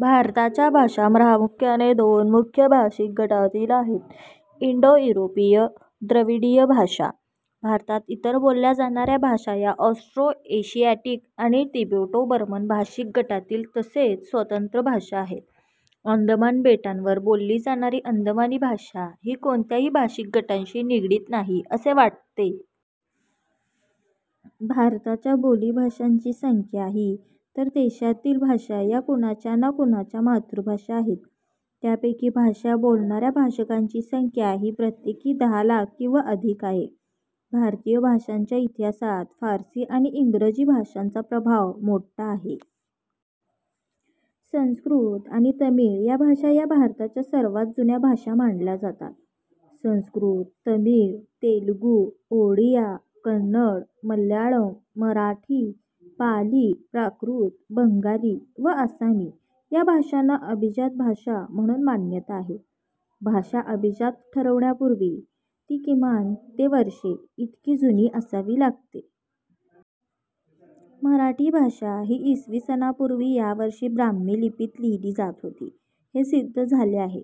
भारताच्या भाषा प्रामुख्याने दोन मुख्य भाषिक गटांतील आहेत.. इंडो-युरोपीय. द्रविडीय भाषा. भारतात इतर बोलल्या जाणाऱ्या भाषा या ऑस्ट्रो-एशियाटिक आणि तिबेटो-बर्मन भाषिक गटांतील तसेच स्वतंत्र भाषा आहेत. अंदमान बेटांवर बोलली जाणारी अंदमानी भाषा ही कोणत्याही भाषिक गटांशी निगडित नाही असे वाटते. भारताच्या बोलीभाषांची संख्या ही, तर देशातील भाषा या कुणाच्याना कुणाच्या मातृभाषा आहेत. त्यांपैकी भाषा बोलणाऱ्या भाषकांची संख्या ही प्रत्येकी दहा लाख किंवा अधिक आहे. भारतीय भाषांच्या इतिहासात फारसी आणि इंग्रजी भाषांचा प्रभाव मोठा आहे. संस्कृत आणि तमिळ या भाषा या भारताच्या सर्वांत जुन्या भाषा मानल्या जातात. संस्कृत, तमिळ, तेलुगू, ओडिया, कन्नड, मल्याळम, मराठी, पाली, प्राकृत, बंगाली व आसामी या भाषांना अभिजात भाषा म्हणून मान्यता आहे. भाषा अभिजात ठरण्यापूर्वी ती किमान ते वर्षे इतकी जुनी असावी लागते. मराठी भाषा ही इसवी सनापूर्वी या वर्षी ब्राह्मी लिपीत लिहिली जात होती हे सिद्ध झाले आहे.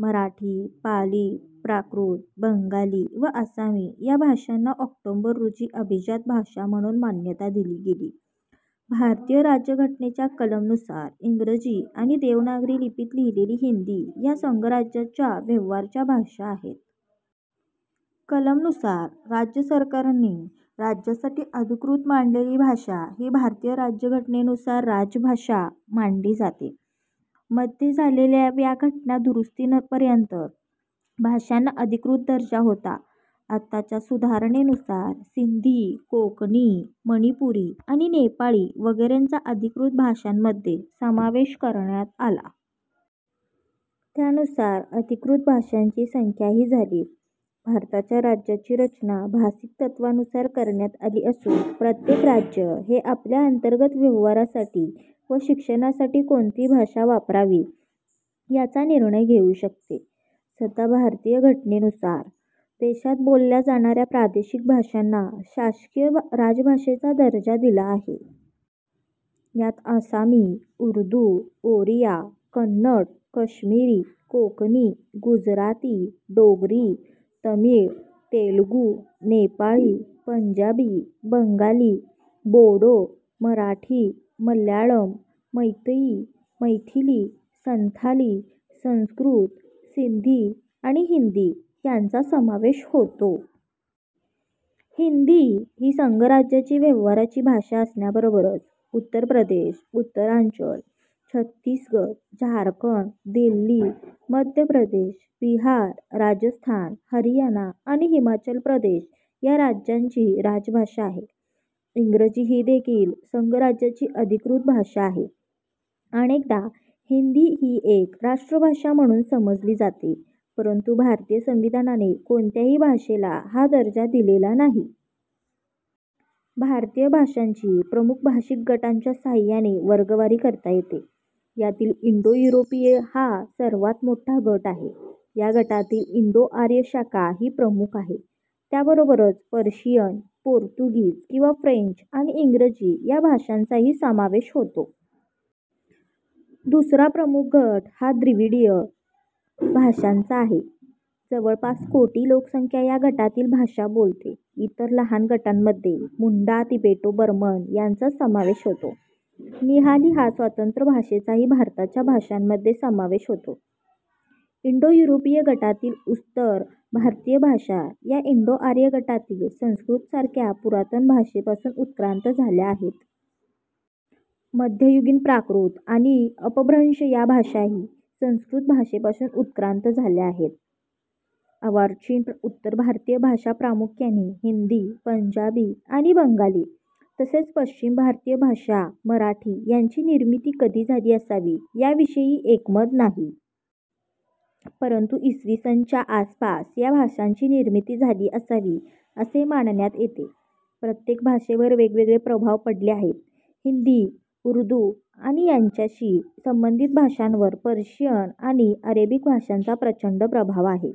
मराठी, पाली, प्राकृत, बंगाली व आसामी या भाषांना ऑक्टोबर रोजी अभिजात भाषा म्हणून मान्यता दिली गेली. भारतीय राज्यघटनेच्या कलम नुसार इंग्रजी आणि देवनागरी लिपीत लिहिलेली हिंदी ह्या संघराज्याच्या व्यवहाराच्या भाषा आहेत. कलम नुसार राज्यसरकारांनी राज्यासाठी अधिकृत मानलेली भाषा ही भारतीय राज्यघटनेनुसार राजभाषा मानली जाते. मध्ये झालेल्या व्या घटना दुरुस्तीपर्यंत भाषांना अधिकृत दर्जा होता. आताच्या सुधारणेनुसार सिंधी, कोंकणी, मणीपुरी आणि नेपाळी वगैरेंचा अधिकृत भाषांमध्ये समावेश करण्यात आला. त्यानुसार अधिकृत भाषांची संख्या ही झाली. भारताच्या राज्यांची रचना भाषिक तत्त्वानुसार करण्यात आली असून प्रत्येक राज्य हे आपल्या अंतर्गत व्यवहारासाठी व शिक्षणासाठी कोणती भाषा वापरावी याचा निर्णय घेऊ शकते. सध्या भारतीय घटनेनुसार देशात बोलल्या जाणाऱ्या प्रादेशिक भाषांना शासकीय राजभाषेचा दर्जा दिला आहे. यांत आसामी, उर्दू, ओरिया, कन्नड, काश्मिरी, कोंकणी, गुजराती, डोगरी, तमिळ, तेलुगू, नेपाळी, पंजाबी, बंगाली, बोडो, मराठी, मल्याळम, मैतेई, मैथिली, संथाली, संस्कृत, सिंधी, आणि हिंदी, यांचा समावेश होतो. हिंदी ही संघराज्याची व्यवहाराची भाषा असण्याबरोबरच उत्तर प्रदेश, उत्तरांचल, छत्तीसगढ, झारखंड, दिल्ली, मध्य प्रदेश, बिहार, राजस्थान, हरियाणा आणि हिमाचल प्रदेश या राज्यांची राजभाषा आहे. इंग्रजी ही देखील संघराज्याची अधिकृत भाषा आहे. अनेकदा हिंदी ही एक राष्ट्रभाषा म्हणून समजली जाते परंतु भारतीय संविधानाने कोणत्याही भाषेला हा दर्जा दिलेला नाही. भारतीय भाषांची प्रमुख भाषिक गटांच्या साहाय्याने वर्गवारी करता येते. यातील इंडो-यूरोपीय हा सर्वांत मोठा गट आहे. या गटातील इंडो-आर्य शाखा ही प्रमुख आहे.. त्याबरोबरच पर्शियन, पोर्तुगीज किंवा फ्रेंच आणि इंग्रजी या भाषांचाही समावेश होतो. दुसरा प्रमुख गट हा द्रविडीय भाषांचा आहे. जवळपास कोटी लोकसंख्या या गटातील भाषा बोलते. इतर लहान गटांमध्ये मुंडा, तिबेटो-बर्मन यांचा समावेश होतो. निहाली या स्वतंत्र भाषेचाही भारताच्या भाषांमध्ये समावेश होतो. इंडो-युरोपीय गटातील उत्तर भारतीय भाषा या इंडो-आर्य गटातील संस्कृत सारख्या पुरातन भाषेपासून उत्क्रांत झाल्या आहेत. मध्ययुगीन प्राकृत आणि अपभ्रंश या भाषाही संस्कृत भाषेपासून उत्क्रांत झाल्या आहेत. अर्वाचीन उत्तर भारतीय भाषा प्रामुख्याने हिंदी, पंजाबी आणि बंगाली तसेच पश्चिम भारतीय भाषा मराठी यांची निर्मिती कधी झाली असावी याविषयी एकमत नाही. परंतु इ. स. च्या आसपास या भाषांची निर्मिती झाली असावी असे मानण्यात येते. प्रत्येक भाषेवर वेगवेगळे प्रभाव पडले आहेत. हिंदी/उर्दू आणि त्याच्याशी संबंधित भाषांवर पर्शियन आणि अरेबिक भाषांचा प्रचंड प्रभाव आहे.